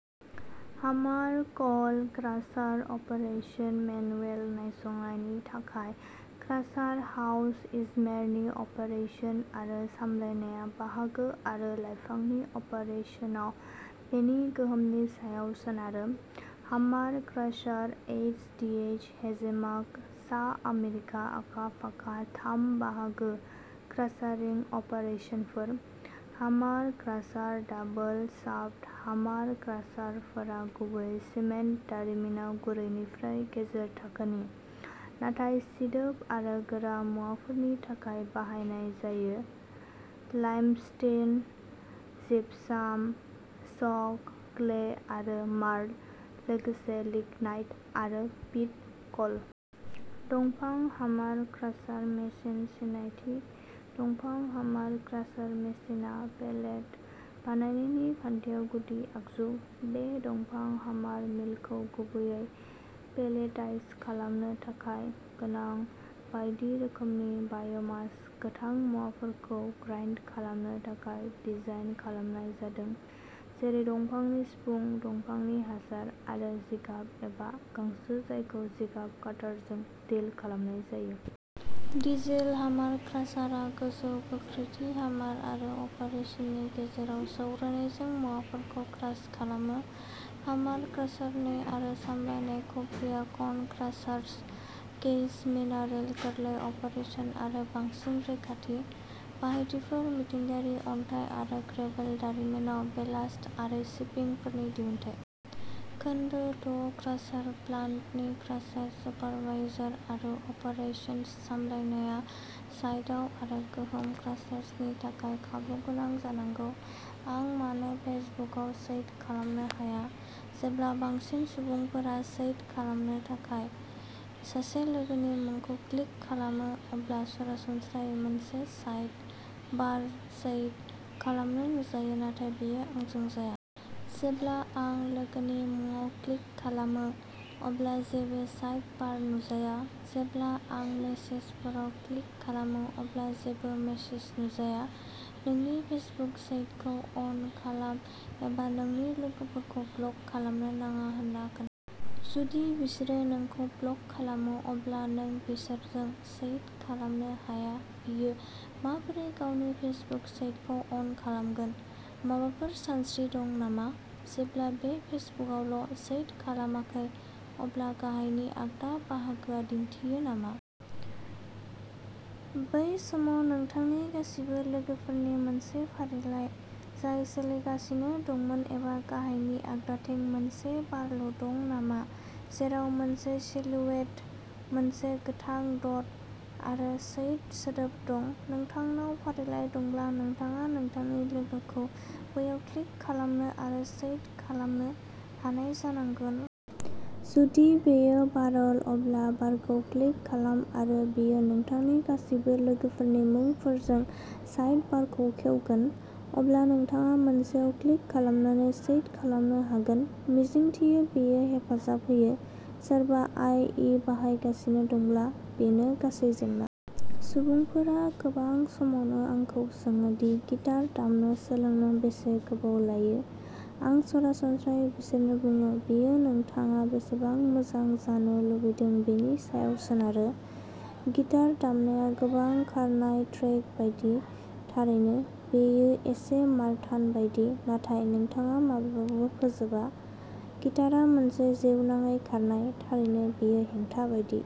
Hammer coal crusher operation manual नायसंनायनि थाखाय crusher house इजमेरनि operation आरो सामलायनाया बाहागो आरो लाइफांनि अपारेसनाव बेनि गोहोमनि सायाव सोनारो। हामार क्रासार एइचडिएस हेजेमाग सा आमेरिका आखा-फाखा थाम बाहागो क्रासारिं अपारेसनफोर। हामार क्रासार डाबल-शाफ्ट हामार क्रासारफोरा गुबैयै सिमेन्ट दारिमिनाव गुरैनिफ्राय गेजेर थाखोनि, नाथाय सिदोब आरो गोरा मुवाफोरनि थाखाय बाहायनाय जायो लाइमस्टोन, जिपसाम, चक, क्ले आरो मार्ल, लोगोसे लिग्नाइट आरो पिट क'ल। दंफां हामार क्रासार मेसिन सिनायथि दंफां हामार क्रासार मेसिनआ पेलेट बानायनायनि खान्थियाव गुदि आगजु। बे दंफां हामार मिलखौ गुबैयै पेलेटाइज खालामनो थाखाय गोनां बायदि रोखोमनि बाय'मास गोथां मुवाफोरखौ ग्राइन्ड खालामनो थाखाय डिजाइन खालामनाय जादों, जेरै दंफांनि सिफुं, दंफांनि हासार, आरो जिगाब एबा गांसो जायखौ जिगाब काटारजों डिल खालामनाय जायो। डिजेल हामार क्रासार आ गोजौ गोख्रैथि हामार आरो अपारेसननि गेजेराव सौग्रावनायजों मुवाफोरखौ क्रास खालामो। हामार क्रासारनि आरो सामलायनाय कुब्रिया कन क्रासार्स केएच मिनारेल गोरलै अपारेसन आरो बांसिन रैखाथि। बाहायथिफोर मिथिंगायारि अन्थाइ आरो ग्रेभेल दारिमिनाव बेलास्ट आरो चिपिंफोरनि दिहुनथाय। खोन्दो द' क्रासार प्लान्टनि क्रासार सुपारभाइजार आरो अपारेशन्स सामलायनाया साइटआव आरो गोहोम क्रासार्स नि थाखाय खाबुगोनां जानांगौ। आं मानो फेसबुकआव चैट खालामनो हाया? जेब्ला बांसिन सुबुंफोरा चैट खालामनो थाखाय सासे लोगोनि मुंखौ क्लिक खालामो अब्ला सरासनस्रायै मोनसे साइड बार चैट खालामनो नुजायो नाथाय बेयो आंजों जाया। जेब्ला आं लोगोनि मुंआव क्लिक खालामो, अब्ला जेबो साइड बार नुजाया। जेब्ला आं मेसेजफोराव क्लिक खालामो अब्ला जेबो मेसेज नुजाया। नोंनि फेसबुक चैटखौ अन खालाम एबा नोंनि लोगोफोरखौ ब्लक खालामनो नाङा होनना खोन्था। जुदि बिसोरो नोंखौ ब्लक खालामो अब्ला नों बिसोरजों चैट खालामनो हाया बियो माबोरै गावनि फेसबुक चैटखौ अन खालामगोन? माबाफोर सानस्रि दं नामा? जेब्ला नों फेसबुकआवल' चैट खालामाखै, अब्ला गाहायनि आगदा बाहागोआ दिन्थियो नामा? बै समाव नोंथांनि गासिबो लोगोफोरनि मोनसे फारिलाइ जाय सोलिगासिनो दंमोन एबा गाहायनि आगदाथिं मोनसे बारल' दं नामा जेराव मोनसे सिलुएट, मोनसे गोथां द'ट आरो चैट सोदोब दं नोंथांनाव फारिलाइ दंब्ला, नोंथाङा नोंथांनि लोगोखौ बैयाव क्लिक खालामनो आरो चैट खालामनो हानाय जानांगौ। जुदि बेयो बारल अब्ला बारखौ क्लिक खालाम आरो बेयो नोंथांनि गासिबो लोगोफोरनि मुंफोरजों साइडबारखौ खेवगोन। अब्ला नोंथाङा मोनसेयाव क्लिक खालामनानै चैट खालामनो हागोन। मिजिंथियो बेयो हेफाजाब होयो। सोरबा आइ इ बाहायगासिनो दंब्ला, बेनो गासै जेंना। सुबुंफोरा गोबां समावनो आंखौ सोङो दि गिटार दामनो सोलोंनो बेसे गोबाव लायो। आं सरासनस्रायै बिसोरनो बुङो, बेयो नोंथाङा बेसेबां मोजां जानो लुबैदों बेनि सायाव सोनारो। गिटार दामनाया गोबां खारनाय ट्रेक बायदि। थारैनो। बेयो एसे मारथान बायदि, नाथाय नोंथाङा माब्लाबाबो फोजोबा। गिटारआ मोनसे जिउनाङै खारनाय। थारैनो बेयो हेंथा बायदि।